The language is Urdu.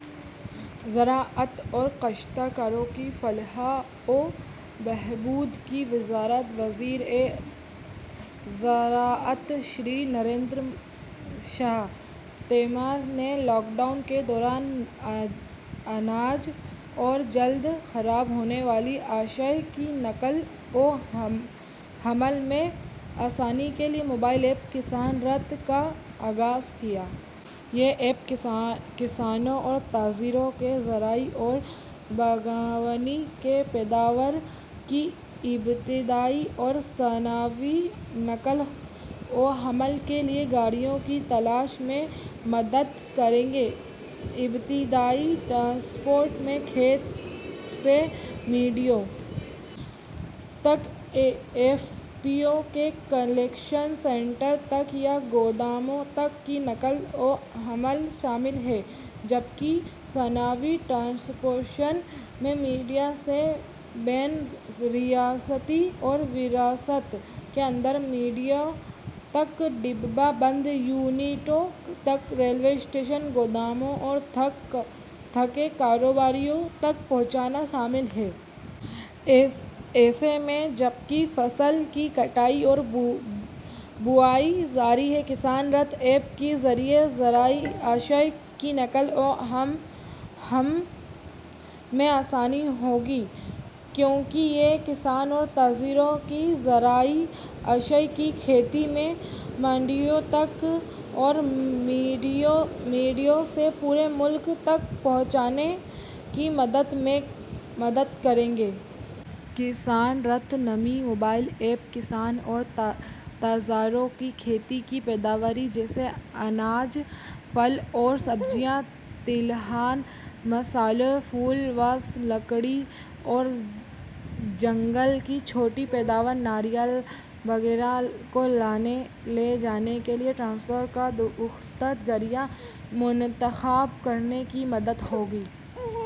زراعت اور کاشتکاروں کی فلاح و بہبود کی وزارت وزیرِ زراعت شری نریندر سنگھ تومر نے لاک ڈاؤن کے دوران اناج اور جلد خراب ہونے والی اشیاء کی نقل و حمل میں آسانی کے لیے موبائل ایپ "کسان رَتھ" کا آغاز کیا۔ یہ ایپ کسانوں اور تاجروں کو زرعی اور باغبانی کی پیداوار کی ابتدائی اور ثانوی نقل و حمل کے لیے گاڑیوں کی تلاش میں مدد کرے گی۔ ابتدائی ٹرانسپورٹ میں کھیت سے منڈیوں تک، ایف پی او کے کلیکشن سینٹر تک یا گوداموں تک کی نقل و حمل شامل ہے، جب کہ ثانوی ٹرانسپورٹیشن میں منڈیوں سے بین ریاستی اور ریاست کے اندر منڈیوں تک، ڈبہ بندی کے یونٹوں تک، ریلوے اسٹیشنوں، گوداموں اور تھوک کاروباریوں تک پہنچانا شامل ہے۔ ایسے میں، جب کہ فصل کی کٹائی اور بوائی جاری ہے، کسان رَتھ ایپ کے ذریعے زرعی اشیاء کی نقل و حمل میں آسانی ہو گی کیونکہ یہ کسانوں اور تاجروں کو زرعی اشیاء کی کھیت سے منڈیوں تک اور منڈیوں سے پورے ملک تک پہنچانے میں مدد کرے گی۔ کسان رَتھ نامی موبائل ایپ، کسانوں اور تاجروں کو کھیتی کی پیداوار جیسے اناج، پھل اور سبزیاں، تلہن، مسالے، پھول، بانس، لکڑی اور جنگل کی چھوٹی پیداوار، ناریل وغیرہ کو لانے لے جانے کے لیے ٹرانسپورٹ کا درست ذریعہ منتخب کرنے میں مدد دے گی۔